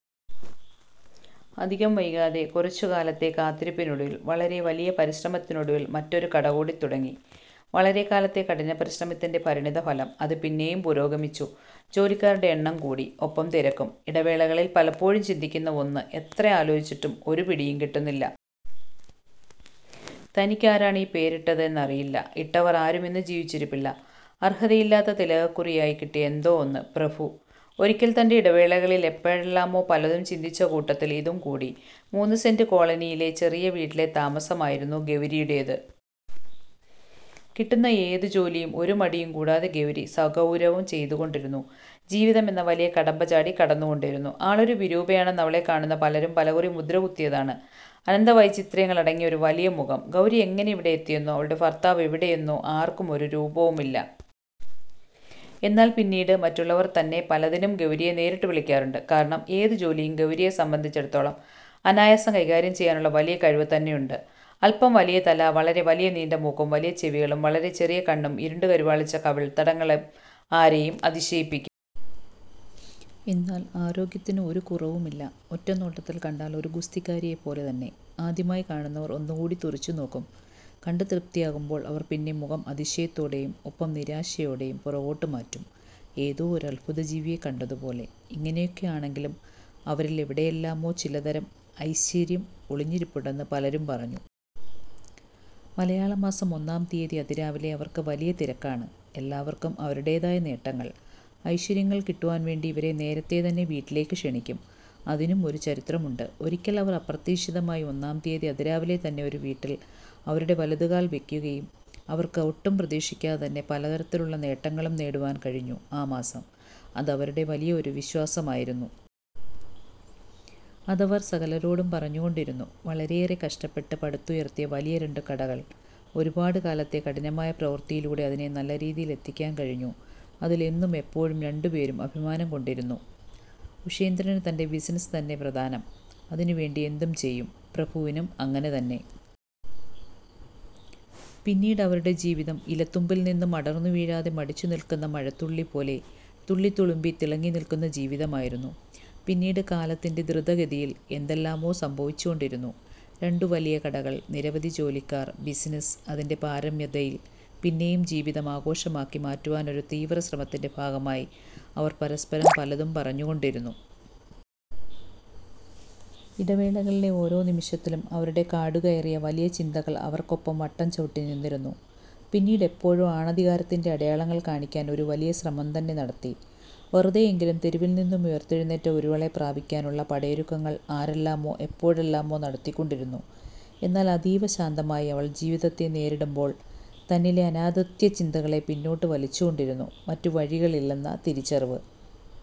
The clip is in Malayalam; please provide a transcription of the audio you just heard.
അധികം വൈകാതെ കുറച്ചു കാലത്തെ കാത്തിരിപ്പിനൊടുവിൽ വളരെ വലിയ പരിശ്രമത്തിനൊടുവിൽ മറ്റൊരു കട കൂടി തുടങ്ങി. വളരെ കാലത്തെ കഠിനപരിശ്രമത്തിന്റ പരിണിതഫലം, അത് പിന്നെയും പുരോഗമിച്ചു. ജോലിക്കാരുടെ എണ്ണം കൂടി, ഒപ്പം തിരക്കും.. ഇടവേളകളിൽ പലപ്പോഴും ചിന്തിക്കുന്ന ഒന്ന്, എത്ര ആലോചിച്ചിട്ടും ഒരു പിടിയും കിട്ടുന്നില്ല. തനിക്കു ആരാണ് ഈ പേരിട്ടത് എന്ന് അറിയില്ല, ഇട്ടവർ ആരും ഇന്നു ജീവിച്ചിരിപ്പില്ല. അർഹതയില്ലാതെ തിലകക്കുറിയായി കിട്ടിയ എന്തോ ഒന്ന്. 'പ്രഭു. ' ഒരിക്കൽ തന്റെ ഇടവേളകളിൽ എപ്പോഴെല്ലാമോ പലതും ചിന്തിച്ച കൂട്ടത്തിൽ ഇതും കൂടി. മൂന്നു സെന്റ് കോളനിയിലെ ചെറിയ വീട്ടിലെ താമസമായിരുന്നു ഗൗരിയുടേത്. കിട്ടുന്ന ഏതു ജോലിയും ഒരു മടിയും കൂടാതെ ഗൗരി സഗൗരവം ചെയ്തുകൊണ്ടിരുന്നു. ജീവിതം എന്ന വലിയ കടമ്പ ചാടി കടന്നുകൊണ്ടിരുന്നു. ആളൊരു വിരൂപയാണെന്ന് അവളെ കാണുന്ന പലരും പലകുറി മുദ്ര കുത്തിയതാണ്. അനന്ത വൈചിത്ര്യങ്ങൾ അടങ്ങിയ ഒരു വലിയ മുഖം. ഗൗരി എങ്ങനെ ഇവിടെ എത്തിയെന്നോ അവളുടെ ഭർത്താവ് എവിടെയെന്നോ ആർക്കും ഒരു രൂപവുമില്ല. എന്നാൽ പിന്നീട് മറ്റുള്ളവർ തന്നെ പലതിനും ഗൗരിയെ നേരിട്ടു വിളിക്കാറുണ്ട്. കാരണം ഏതു ജോലിയും ഗൗരിയെ സംബന്ധിച്ചിടത്തോളം അനായാസം കൈകാര്യം ചെയ്യാനുള്ള വലിയ കഴിവ് തന്നെയുണ്ട്. അൽപ്പം വലിയതല, വളരെ വലിയ നീണ്ട മൂക്കും, വലിയ ചെവികളും വളരെ ചെറിയ കണ്ണും ഇരുണ്ടു കരുവാളിച്ച കവിൾ തടങ്ങളും ആരെയും അതിശയിപ്പിക്കും. എന്നാൽ ആരോഗ്യത്തിന് ഒരു കുറവും ഇല്ല. ഒറ്റനോട്ടത്തിൽ കണ്ടാൽ ഒരു ഗുസ്തിക്കാരിയെപ്പോലെ തന്നെ, ആദ്യമായി കാണുന്നവർ ഒന്നുകൂടി തുറിച്ചു നോക്കും, കണ്ടു തൃപ്തിയാകുമ്പോൾ അവർ പിന്നെ മുഖം അതിശയത്തോടെയും, ഒപ്പം നിരാശയോടെയും പുറകോട്ട് മാറ്റും. ഏതോ ഒരു അത്ഭുത ജീവിയെ കണ്ടതുപോലെ... ഇങ്ങനെയൊക്കെ ആണെങ്കിലും അവരിൽ എവിടെയെല്ലാമോ ചിലതരം ഐശ്വര്യം ഒളിഞ്ഞിരിപ്പുണ്ടെന്നു പലരും പറഞ്ഞു. മലയാളമാസം ഒന്നാം തിയതി അതിരാവിലെ അവർക്ക് വലിയ തിരക്കാണ്. എല്ലാവർക്കും അവരുടേതായ നേട്ടങ്ങൾ, ഐശ്വര്യങ്ങൾ കിട്ടുവാൻ വേണ്ടി ഇവരെ നേരത്തെ തന്നെ വീട്ടിലേക്ക് ക്ഷണിക്കും. അതിനും ഒരു ചരിത്രമുണ്ട്.. ഒരിക്കൽ അവർ അപ്രതീക്ഷിതമായി ഒന്നാം തിയതി അതിരാവിലെ തന്നെ ഒരു വീട്ടിൽ അവരുടെ വലതുകാൽ വക്കുകയും അവർക്ക് ഒട്ടും പ്രതീക്ഷിക്കാതെ തന്നെ പലതരത്തിലുള്ള നേട്ടങ്ങളും നേടുവാൻ കഴിഞ്ഞു ആ മാസം, അതവരുടെ വലിയ ഒരു വിശ്വാസമായിരുന്നു. അതവർ സകലരോടും പറഞ്ഞുകൊണ്ടിരുന്നു. വളരെയേറെ കഷ്ടപ്പെട്ട് പടുത്തുയർത്തിയ വലിയ രണ്ടു കടകൾ, ഒരുപാട് കാലത്തെ കഠിനമായ പ്രവൃത്തിയിലൂടെ അതിനെ നല്ലരീതിയിൽ എത്തിക്കാൻ കഴിഞ്ഞു അതിൽ എന്നും എപ്പോഴും രണ്ടു പേരും അഭിമാനം കൊണ്ടിരുന്നു. ഉഷേന്ദ്രന് തന്റെ ബിസിനസ് തന്നെ പ്രധാനം. അതിനുവേണ്ടി എന്തും ചെയ്യും. പ്രഭുവിനും അങ്ങനെ തന്നെ. പിന്നീട് അവരുടെ ജീവിതം ഇലത്തുമ്പിൽ നിന്നും അടർന്നു വീഴാതെ മടിച്ചു നിൽക്കുന്ന മഴത്തുള്ളിപോലെ, തുള്ളി തുളുമ്പിതിളങ്ങി നിൽക്കുന്ന ജീവിതമായിരുന്നു. പിന്നീട് കാലത്തിന്റെ ധൃത ഗതിയിൽ എന്തെല്ലാമോ സംഭവിച്ചുകൊണ്ടിരുന്നു. രണ്ടു വലിയ കടകൾ നിരവധി ജോലിക്കാർ, ബിസിനസ് അതിന്റെ പാരമ്യതയിൽ. പിന്നെയും ജീവിതം ആഘോഷമാക്കി മാറ്റുവാനൊരു തീവ്ര ശ്രമത്തിന്റ ഭാഗമായി അവർ പരസ്പരം പലതും പറഞ്ഞു കൊണ്ടിരുന്നു. ഇടവേളകളിലെ ഓരോ നിമിഷത്തിലും അവരുടെ കാടു കയറിയ വലിയ ചിന്തകൾ അവർക്കൊപ്പം വട്ടം ചവിട്ടി നിന്നിരുന്നു. പിന്നീട് എപ്പോഴോ ആണധികാരത്തിന്റെ അടയാളങ്ങൾ കാണിക്കാൻ ഒരു വലിയ ശ്രമം തന്നെ നടത്തി. വെറുതെയെങ്കിലും തെരുവിൽ നിന്നും ഉയർത്തെഴുന്നേറ്റ ഒരുവളെ പ്രാപിക്കാനുള്ള, പടയൊരുക്കങ്ങൾ ആരെല്ലാമോ എപ്പോഴെല്ലാമോ നടത്തികൊണ്ടിരുന്നു. എന്നാൽ അതീവ ശാന്തമായി അവൾ ജീവിതത്തെ നേരിടുമ്പോൾ തന്നിലെ അനാഥത്യ ചിന്തകളെ പിന്നോട്ട് വലിച്ചു കൊണ്ടിരുന്നു. മറ്റു വഴികൾ ഇല്ലെന്ന തിരിച്ചറിവ്